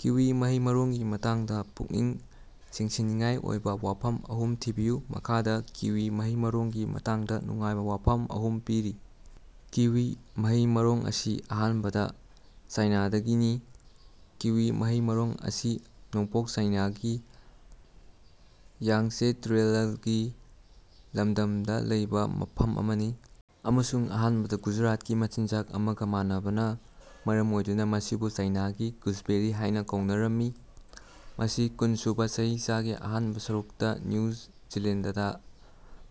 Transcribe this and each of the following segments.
Kiwi ꯃꯍꯩ-ꯃꯔꯣꯡꯒꯤ ꯃꯇꯥꯡꯗ ꯄꯨꯛꯅꯤꯡ ꯆꯤꯡꯁꯤꯟꯅꯤꯡꯉꯥꯏ ꯑꯣꯏꯕꯥ ꯋꯥꯐꯝ ꯑꯍꯨꯝ ꯊꯤꯕꯤꯌꯨ꯫ ꯃꯈꯥꯗꯥ ꯀꯤꯋꯤ ꯃꯍꯩ-ꯃꯔꯣꯡꯒꯤ ꯃꯇꯥꯡꯗꯥ ꯅꯨꯡꯉꯥꯏꯕꯥ ꯋꯥꯐꯝ ꯑꯍꯨꯝ ꯄꯤꯔꯤ: ꯀꯤꯋꯤ ꯃꯍꯩ-ꯃꯔꯣꯡ ꯑꯁꯤ ꯑꯍꯥꯟꯕꯗ ꯆꯥꯏꯅꯥꯗꯒꯤꯅꯤ: ꯀꯤꯋꯤ ꯃꯍꯩ-ꯃꯔꯣꯡ ꯑꯁꯤ ꯅꯣꯡꯄꯣꯛ ꯆꯥꯏꯅꯥꯒꯤ ꯌꯥꯡꯆꯦ ꯇꯨꯔꯦꯂꯜꯒꯤ ꯂꯝꯗꯝꯗ ꯂꯩꯕꯥ ꯃꯐꯝ ꯑꯃꯅꯤ ꯑꯃꯁꯨꯡ ꯑꯍꯥꯟꯕꯗ ꯒꯨꯖꯔꯥꯇꯀꯤ ꯃꯆꯤꯟꯖꯥꯛ ꯑꯃꯒ ꯃꯥꯟꯅꯕꯅ ꯃꯔꯝ ꯑꯣꯏꯗꯨꯅ ꯃꯁꯤꯕꯨ "ꯆꯥꯏꯅꯥꯒꯤ ꯒꯨꯖꯕꯦꯔꯤ" ꯍꯥꯢꯅ ꯀꯧꯅꯔꯝꯃꯤ꯫ ꯃꯁꯤ ꯀꯨꯟꯁꯨꯕ ꯆꯍꯤꯆꯥꯒꯤ ꯑꯍꯥꯟꯕ ꯁꯔꯨꯛꯇ ꯅ꯭ꯌꯨ ꯖꯤꯂꯦꯟꯗꯗꯥ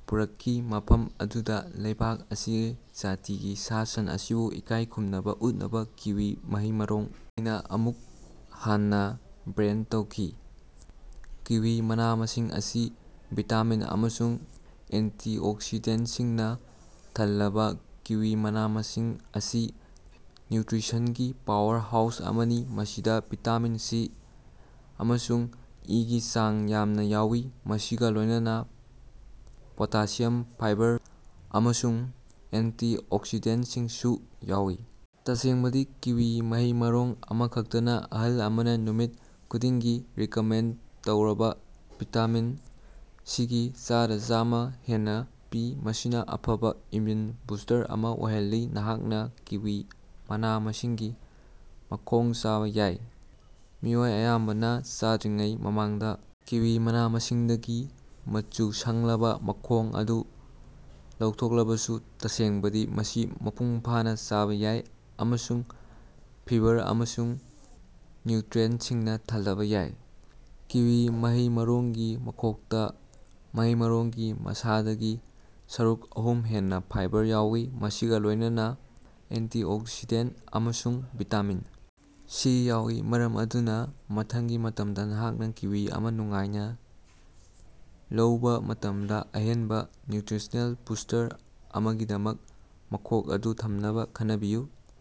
ꯄꯨꯔꯛꯈꯤ ꯃꯐꯝ ꯑꯗꯨꯗ ꯂꯩꯕꯥꯛ ꯑꯁꯤꯒꯤ ꯖꯥꯇꯤꯒꯤ ꯁꯥ-ꯁꯟ ꯑꯁꯤꯕꯨ ꯏꯀꯥꯢ ꯈꯨꯝꯅꯕ ꯎꯠꯅꯕ ꯀꯤꯋꯤ ꯃꯍꯩ-ꯃꯔꯣꯡ ꯍꯥꯢꯅ ꯑꯃꯨꯛ ꯍꯟꯅꯥ ꯕ꯭ꯔꯦꯟꯗ ꯇꯧꯈꯤ꯫ ꯀꯤꯋꯤ ꯃꯅꯥ-ꯃꯁꯤꯡ ꯑꯁꯤ ꯚꯤꯇꯥꯃꯤꯟ ꯑꯃꯁꯨꯡ ꯑꯦꯟꯇꯤꯑꯣꯛꯁꯤꯗꯦꯟꯇꯁꯤꯡꯅ ꯊꯜꯂꯕꯥ: ꯀꯤꯋꯤ ꯃꯅꯥ-ꯃꯁꯤꯡ ꯑꯁꯤ ꯅ꯭ꯌꯨꯇ꯭ꯔꯤꯁꯟꯒꯤ ꯄꯥꯋꯔꯍꯥꯎꯁ ꯑꯃꯅꯤ ꯃꯁꯤꯗ ꯚꯤꯇꯥꯃꯤꯟ ꯁꯤ ꯑꯃꯁꯨꯡ ꯏꯒꯤ ꯆꯥꯡ ꯌꯥꯝꯅꯥ ꯌꯥꯎꯏ ꯃꯁꯤꯒꯥ ꯂꯣꯢꯅꯅꯥ ꯄꯣꯇꯥꯁꯤꯌꯝ, ꯐꯥꯏꯕꯔ ꯑꯃꯁꯨꯡ ꯑꯦꯟꯇꯤꯑꯣꯛꯁꯤꯗꯦꯟꯇꯁꯤꯡꯁꯨ ꯌꯥꯎꯏ꯫ ꯇꯁꯦꯡꯕꯗꯤ ꯀꯤꯋꯤ ꯃꯍꯩ ꯃꯔꯣꯡ ꯑꯃꯈꯛꯇꯅ ꯑꯍꯜ ꯑꯃꯅ ꯅꯨꯃꯤꯠ ꯈꯨꯗꯤꯡꯒꯤ ꯔꯤꯀꯃꯦꯟꯗ ꯇꯧꯔꯕ ꯚꯤꯇꯥꯃꯤꯟ ꯁꯤꯒꯤ ꯆꯥꯗꯥ ꯆꯥꯝꯃ ꯍꯦꯟꯅ ꯄꯤ ꯃꯁꯤꯅ ꯑꯐꯕꯥ ꯏꯝꯃꯌꯨꯟ ꯕꯨꯁ꯭ꯇꯔ ꯑꯃ ꯑꯣꯏꯍꯜꯂꯤ꯫ ꯅꯍꯥꯛꯅ ꯀꯤꯋꯤ ꯃꯅꯥ-ꯃꯁꯤꯡꯒꯤ ꯃꯈꯣꯡ ꯆꯥꯕꯥ ꯌꯥꯏ: ꯃꯤꯑꯣꯏ ꯑꯌꯥꯝꯕꯅ ꯆꯥꯗ꯭ꯔꯤꯉꯩ ꯃꯃꯥꯡꯗ ꯀꯤꯋꯤ ꯃꯅꯥ-ꯃꯁꯤꯡꯗꯒꯤ ꯃꯆꯨ ꯁꯪꯂꯕ ꯃꯈꯣꯡ ꯑꯗꯨ ꯂꯧꯊꯣꯛꯂꯕꯁꯨ ꯇꯁꯦꯡꯕꯗꯤ ꯃꯁꯤ ꯃꯄꯨꯡꯐꯥꯅ ꯆꯥꯕꯥ ꯌꯥꯏ ꯑꯃꯁꯨꯡ ꯐꯤꯕꯔ ꯑꯃꯁꯨꯡ ꯅ꯭ꯌꯨꯇ꯭ꯔꯤꯑꯦꯟꯇꯁꯤꯡꯅ ꯊꯜꯂꯕ ꯌꯥꯏ꯫ ꯀꯤꯋꯤ ꯃꯍꯩ-ꯃꯔꯣꯡꯒꯤ ꯃꯈꯣꯛꯇ ꯃꯍꯩ-ꯃꯔꯣꯡꯒꯤ ꯃꯁꯥꯗꯒꯤ ꯁꯔꯨꯛ ꯑꯍꯨꯝ ꯍꯦꯟꯅꯥ ꯐꯥꯏꯕꯔ ꯌꯥꯎꯏ ꯃꯁꯤꯒꯥ ꯂꯣꯢꯅꯅꯥ ꯑꯦꯟꯇꯤꯑꯣꯛꯁꯤꯗꯦꯟꯇ ꯑꯃꯁꯨꯡ ꯚꯤꯇꯥꯃꯤꯟ ꯁꯤ ꯌꯥꯎꯏ ꯃꯔꯝ ꯑꯗꯨꯅ ꯃꯊꯪꯒꯤ ꯃꯇꯝꯗ ꯅꯍꯥꯛꯅ ꯀꯤꯋꯤ ꯑꯃ ꯅꯨꯡꯉꯥꯏꯅꯥ ꯂꯧꯕꯥ ꯃꯇꯝꯗ ꯑꯍꯦꯟꯕ ꯅ꯭ꯌꯨꯇ꯭ꯔꯤꯁꯅꯦꯜ ꯕꯨꯁ꯭ꯇꯔ ꯑꯃꯒꯤꯗꯃꯛ ꯃꯈꯣꯛ ꯑꯗꯨ ꯊꯝꯅꯕꯥ ꯈꯟꯅꯕꯤꯌꯨ꯫